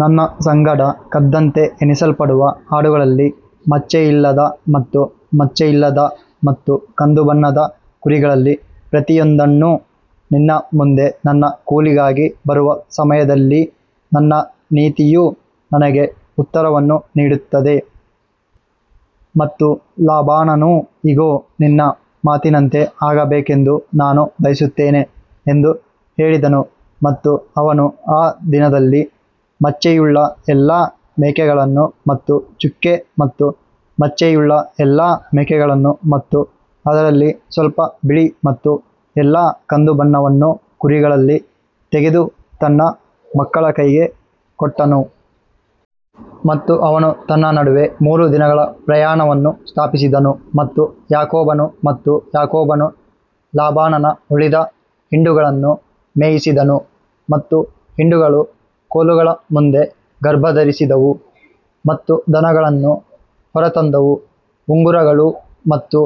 ನನ್ನ ಸಂಗಡ ಕದ್ದಂತೆ ಎಣಿಸಲ್ಪಡುವ ಆಡುಗಳಲ್ಲಿ ಮಚ್ಚೆಯಿಲ್ಲದ ಮತ್ತು ಮಚ್ಚೆಯಿಲ್ಲದ ಮತ್ತು ಕಂದುಬಣ್ಣದ ಕುರಿಗಳಲ್ಲಿ ಪ್ರತಿಯೊಂದನ್ನು ನಿನ್ನ ಮುಂದೆ ನನ್ನ ಕೂಲಿಗಾಗಿ ಬರುವ ಸಮಯದಲ್ಲಿ ನನ್ನ ನೀತಿಯು ನನಗೆ ಉತ್ತರವನ್ನು ನೀಡುತ್ತದೆ. ಮತ್ತು ಲಾಬಾನನು ಇಗೋ, ನಿನ್ನ ಮಾತಿನಂತೆ ಆಗಬೇಕೆಂದು ನಾನು ಬಯಸುತ್ತೇನೆ ಎಂದು ಹೇಳಿದನು ಮತ್ತು ಅವನು ಆ ದಿನದಲ್ಲಿ ಮಚ್ಚೆಯುಳ್ಳ ಎಲ್ಲಾ ಮೇಕೆಗಳನ್ನು ಮತ್ತು ಚುಕ್ಕೆ ಮತ್ತು ಮಚ್ಚೆಯುಳ್ಳ ಎಲ್ಲಾ ಮೇಕೆಗಳನ್ನು ಮತ್ತು ಅದರಲ್ಲಿ ಸ್ವಲ್ಪ ಬಿಳಿ ಮತ್ತು ಎಲ್ಲಾ ಕಂದುಬಣ್ಣವನ್ನು ಕುರಿಗಳಲ್ಲಿ ತೆಗೆದು ತನ್ನ ಮಕ್ಕಳ ಕೈಗೆ ಕೊಟ್ಟನು. ಮತ್ತು ಅವನು ತನ್ನ ನಡುವೆ ಮೂರು ದಿನಗಳ ಪ್ರಯಾಣವನ್ನು ಸ್ಥಾಪಿಸಿದನು ಮತ್ತು ಯಾಕೋಬನು ಮತ್ತು ಯಾಕೋಬನು ಲಾಬಾನನ ಉಳಿದ ಹಿಂಡುಗಳನ್ನು ಮೇಯಿಸಿದನು. ಮತ್ತು ಹಿಂಡುಗಳು ಕೋಲುಗಳ ಮುಂದೆ ಗರ್ಭಧರಿಸಿದವು ಮತ್ತು ದನಗಳನ್ನು ಹೊರತಂದವು ಉಂಗುರಗಳು ಮತ್ತು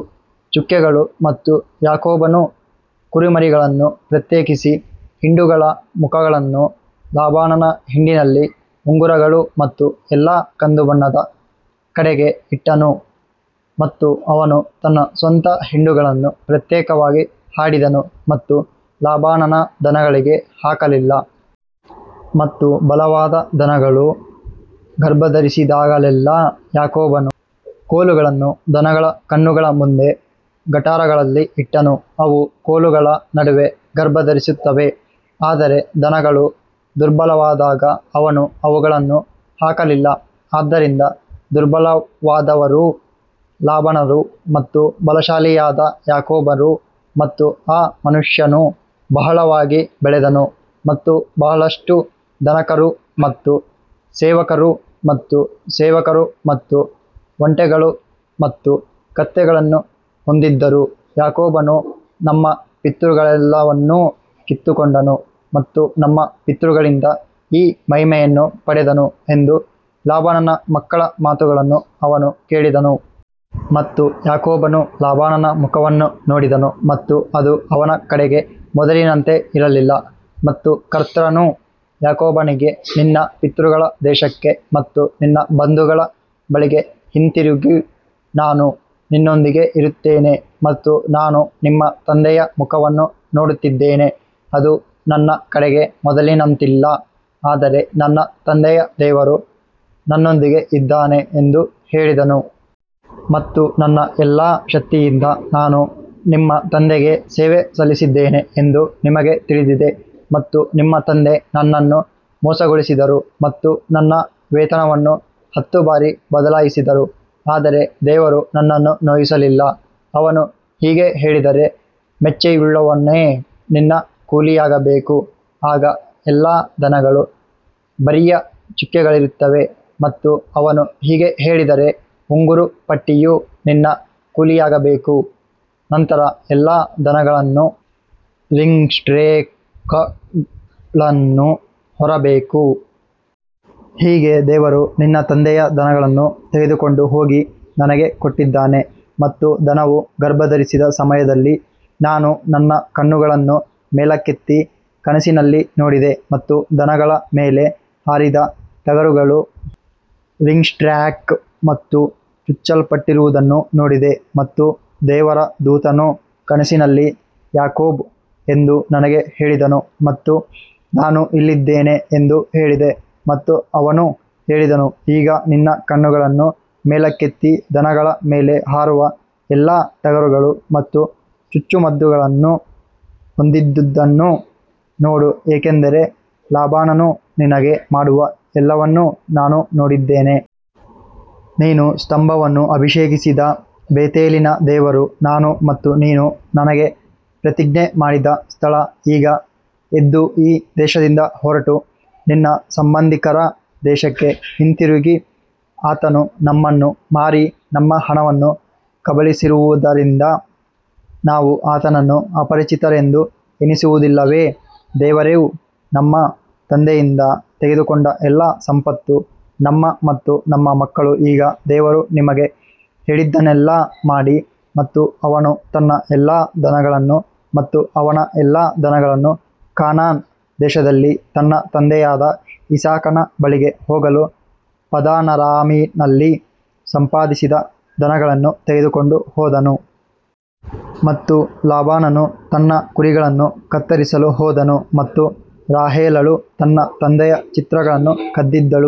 ಚುಕ್ಕೆಗಳು ಮತ್ತು ಯಾಕೋಬನು ಕುರಿಮರಿಗಳನ್ನು ಪ್ರತ್ಯೇಕಿಸಿ ಹಿಂಡುಗಳ ಮುಖಗಳನ್ನು ಲಾಬಾನನ ಹಿಂಡಿನಲ್ಲಿ ಉಂಗುರಗಳು ಮತ್ತು ಎಲ್ಲಾ ಕಂದುಬಣ್ಣದ ಕಡೆಗೆ ಇಟ್ಟನು ಮತ್ತು ಅವನು ತನ್ನ ಸ್ವಂತ ಹಿಂಡುಗಳನ್ನು ಪ್ರತ್ಯೇಕವಾಗಿ ಹಾಕಿದನು ಮತ್ತು ಲಾಬಾನನ ದನಗಳಿಗೆ ಹಾಕಲಿಲ್ಲ. ಮತ್ತು ಬಲವಾದ ದನಗಳು ಗರ್ಭಧರಿಸಿದಾಗಲೆಲ್ಲಾ ಯಾಕೋಬನು ಕೋಲುಗಳನ್ನು ದನಗಳ ಕಣ್ಣುಗಳ ಮುಂದೆ ಗಟಾರಗಳಲ್ಲಿ ಇಟ್ಟನು, ಅವು ಕೋಲುಗಳ ನಡುವೆ ಗರ್ಭಧರಿಸುತ್ತವೆ. ಆದರೆ ದನಗಳು ದುರ್ಬಲವಾದಾಗ ಅವನು ಅವುಗಳನ್ನು ಹಾಕಲಿಲ್ಲ, ಆದ್ದರಿಂದ ದುರ್ಬಲವಾದವರು ಲಾಬಾನರು ಮತ್ತು ಬಲಶಾಲಿಯಾದ ಯಾಕೋಬರು. ಮತ್ತು ಆ ಮನುಷ್ಯನು ಬಹಳವಾಗಿ ಬೆಳೆದನು ಮತ್ತು ಬಹಳಷ್ಟು ದನಕರು ಮತ್ತು ಸೇವಕರು ಮತ್ತು ಸೇವಕರು ಮತ್ತು ಒಂಟೆಗಳು ಮತ್ತು ಕತ್ತೆಗಳನ್ನು ಹೊಂದಿದ್ದರು ಯಾಕೋಬನು ನಮ್ಮ ಪಿತೃಗಳೆಲ್ಲವನ್ನೂ ಕಿತ್ತುಕೊಂಡನು ಮತ್ತು ನಮ್ಮ ಪಿತೃಗಳಿಂದ ಈ ಮಹಿಮೆಯನ್ನು ಪಡೆದನು ಎಂದು ಲಾಬಾನನ ಮಕ್ಕಳ ಮಾತುಗಳನ್ನು ಅವನು ಕೇಳಿದನು. ಮತ್ತು ಯಾಕೋಬನು ಲಾಬಾನನ ಮುಖವನ್ನು ನೋಡಿದನು ಮತ್ತು ಅದು ಅವನ ಕಡೆಗೆ ಮೊದಲಿನಂತೆ ಇರಲಿಲ್ಲ ಮತ್ತು ಕರ್ತನು ಯಾಕೋಬನಿಗೆ ನಿನ್ನ ಪಿತೃಗಳ ದೇಶಕ್ಕೆ ಮತ್ತು ನಿನ್ನ ಬಂಧುಗಳ ಬಳಿಗೆ ಹಿಂತಿರುಗು, ನಾನು ನಿನ್ನೊಂದಿಗೆ ಇರುತ್ತೇನೆ. ಮತ್ತು ನಾನು ನಿಮ್ಮ ತಂದೆಯ ಮುಖವನ್ನು ನೋಡುತ್ತಿದ್ದೇನೆ, ಅದು ನನ್ನ ಕಡೆಗೆ ಮೊದಲಿನಂತಿಲ್ಲ ಆದರೆ ನನ್ನ ತಂದೆಯ ದೇವರು ನನ್ನೊಂದಿಗೆ ಇದ್ದಾನೆ ಎಂದು ಹೇಳಿದರು. ಮತ್ತು ನನ್ನ ಎಲ್ಲಾ ಶಕ್ತಿಯಿಂದ ನಾನು ನಿಮ್ಮ ತಂದೆಗೆ ಸೇವೆ ಸಲ್ಲಿಸಿದ್ದೇನೆ ಎಂದು ನಿಮಗೆ ತಿಳಿದಿದೆ ಮತ್ತು ನಿಮ್ಮ ತಂದೆ ನನ್ನನ್ನು ಮೋಸಗೊಳಿಸಿದರು ಮತ್ತು ನನ್ನ ವೇತನವನ್ನು ಹತ್ತು ಬಾರಿ ಬದಲಾಯಿಸಿದರು ಆದರೆ ದೇವರು ನನ್ನನ್ನು ನೋಯಿಸಲಿಲ್ಲ ಅವನು ಹೀಗೆ ಹೇಳಿದರೆ ಮಚ್ಚೆಯುಳ್ಳವನೇ ನಿನ್ನ ಕೂಲಿಯಾಗಬೇಕು, ಆಗ ಎಲ್ಲಾ ದನಗಳು ಬರಿಯ ಚುಕ್ಕೆಗಳಿರುತ್ತವೆ ಮತ್ತು ಅವನು ಹೀಗೆ ಹೇಳಿದರೆ ಉಂಗುರ ಪಟ್ಟಿಯು ನಿನ್ನ ಕೂಲಿಯಾಗಬೇಕು, ನಂತರ ಎಲ್ಲಾ ದನಗಳನ್ನು ರಿಂಗ್ಸ್ಟ್ರೇಕ್ಗಳನ್ನು ಹೊರಬೇಕು. ಹೀಗೆ ದೇವರು ನಿನ್ನ ತಂದೆಯ ದನಗಳನ್ನು ತೆಗೆದುಕೊಂಡು ಹೋಗಿ ನನಗೆ ಕೊಟ್ಟಿದ್ದಾನೆ ಮತ್ತು ದನವು ಗರ್ಭಧರಿಸಿದ ಸಮಯದಲ್ಲಿ ನಾನು ನನ್ನ ಕಣ್ಣುಗಳನ್ನು ಮೇಲಕ್ಕೆತ್ತಿ ಕನಸಿನಲ್ಲಿ ನೋಡಿದೆ ಮತ್ತು ದನಗಳ ಮೇಲೆ ಹಾರಿದ ಟಗರುಗಳು ರಿಂಗ್ಸ್ಟ್ರ್ಯಾಕ್ ಮತ್ತು ಚುಚ್ಚಲ್ಪಟ್ಟಿರುವುದನ್ನು ನೋಡಿದೆ. ಮತ್ತು ದೇವರ ದೂತನು ಕನಸಿನಲ್ಲಿ ಯಾಕೋಬ್ ಎಂದು ನನಗೆ ಹೇಳಿದನು ಮತ್ತು ನಾನು ಇಲ್ಲಿದ್ದೇನೆ ಎಂದು ಹೇಳಿದೆ ಮತ್ತು ಅವನು ಹೇಳಿದನು, ಈಗ ನಿನ್ನ ಕಣ್ಣುಗಳನ್ನು ಮೇಲಕ್ಕೆತ್ತಿ ದನಗಳ ಮೇಲೆ ಹಾರುವ ಎಲ್ಲಾ ಟಗರುಗಳು ಮತ್ತು ಚುಚ್ಚುಮದ್ದುಗಳನ್ನು ಹೊಂದಿದ್ದುದನ್ನು ನೋಡು ಏಕೆಂದರೆ ಲಾಬಾನನು ನಿನಗೆ ಮಾಡುವ ಎಲ್ಲವನ್ನೂ ನಾನು ನೋಡಿದ್ದೇನೆ. ನೀನು ಸ್ತಂಭವನ್ನು ಅಭಿಷೇಕಿಸಿದ ಬೇತೇಲಿನ ದೇವರು ನಾನು ಮತ್ತು ನೀನು ನನಗೆ ಪ್ರತಿಜ್ಞೆ ಮಾಡಿದ ಸ್ಥಳ ಈಗ ಎದ್ದು ಈ ದೇಶದಿಂದ ಹೊರಟು ನಿನ್ನ ಸಂಬಂಧಿಕರ ದೇಶಕ್ಕೆ ಹಿಂತಿರುಗಿ ಆತನು ನಮ್ಮನ್ನು ಮಾರಿ ನಮ್ಮ ಹಣವನ್ನು ಕಬಳಿಸಿರುವದರಿಂದ ನಾವು ಆತನನ್ನು ಅಪರಿಚಿತರೆಂದು ಎಣಿಸುವುದಿಲ್ಲವೇ? ದೇವರು ನಮ್ಮ ತಂದೆಯಿಂದ ತೆಗೆದುಕೊಂಡ ಎಲ್ಲಾ ಸಂಪತ್ತು ನಮ್ಮ ಮತ್ತು ನಮ್ಮ ಮಕ್ಕಳು ಈಗ ದೇವರು ನಿಮಗೆ ಹೇಳಿದ್ದನ್ನೆಲ್ಲಾ ಮಾಡಿ ಮತ್ತು ಅವನು ತನ್ನ ಎಲ್ಲಾ ದನಗಳನ್ನು ಮತ್ತು ಅವನ ಎಲ್ಲಾ ದನಗಳನ್ನು ಕಾನಾನ್ ದೇಶದಲ್ಲಿ ತನ್ನ ತಂದೆಯಾದ ಇಸಾಕನ ಬಳಿಗೆ ಹೋಗಲು ಪದಾನರಾಮಿನಲ್ಲಿ ಸಂಪಾದಿಸಿದ ದನಗಳನ್ನು ತೆಗೆದುಕೊಂಡು ಹೋದನು. ಮತ್ತು ಲಾಬಾನನು ತನ್ನ ಕುರಿಗಳನ್ನು ಕತ್ತರಿಸಲು ಹೋದನು ಮತ್ತು ರಾಹೇಲಳು ತನ್ನ ತಂದೆಯ ಚಿತ್ರಗಳನ್ನು ಕದ್ದಿದ್ದಳು.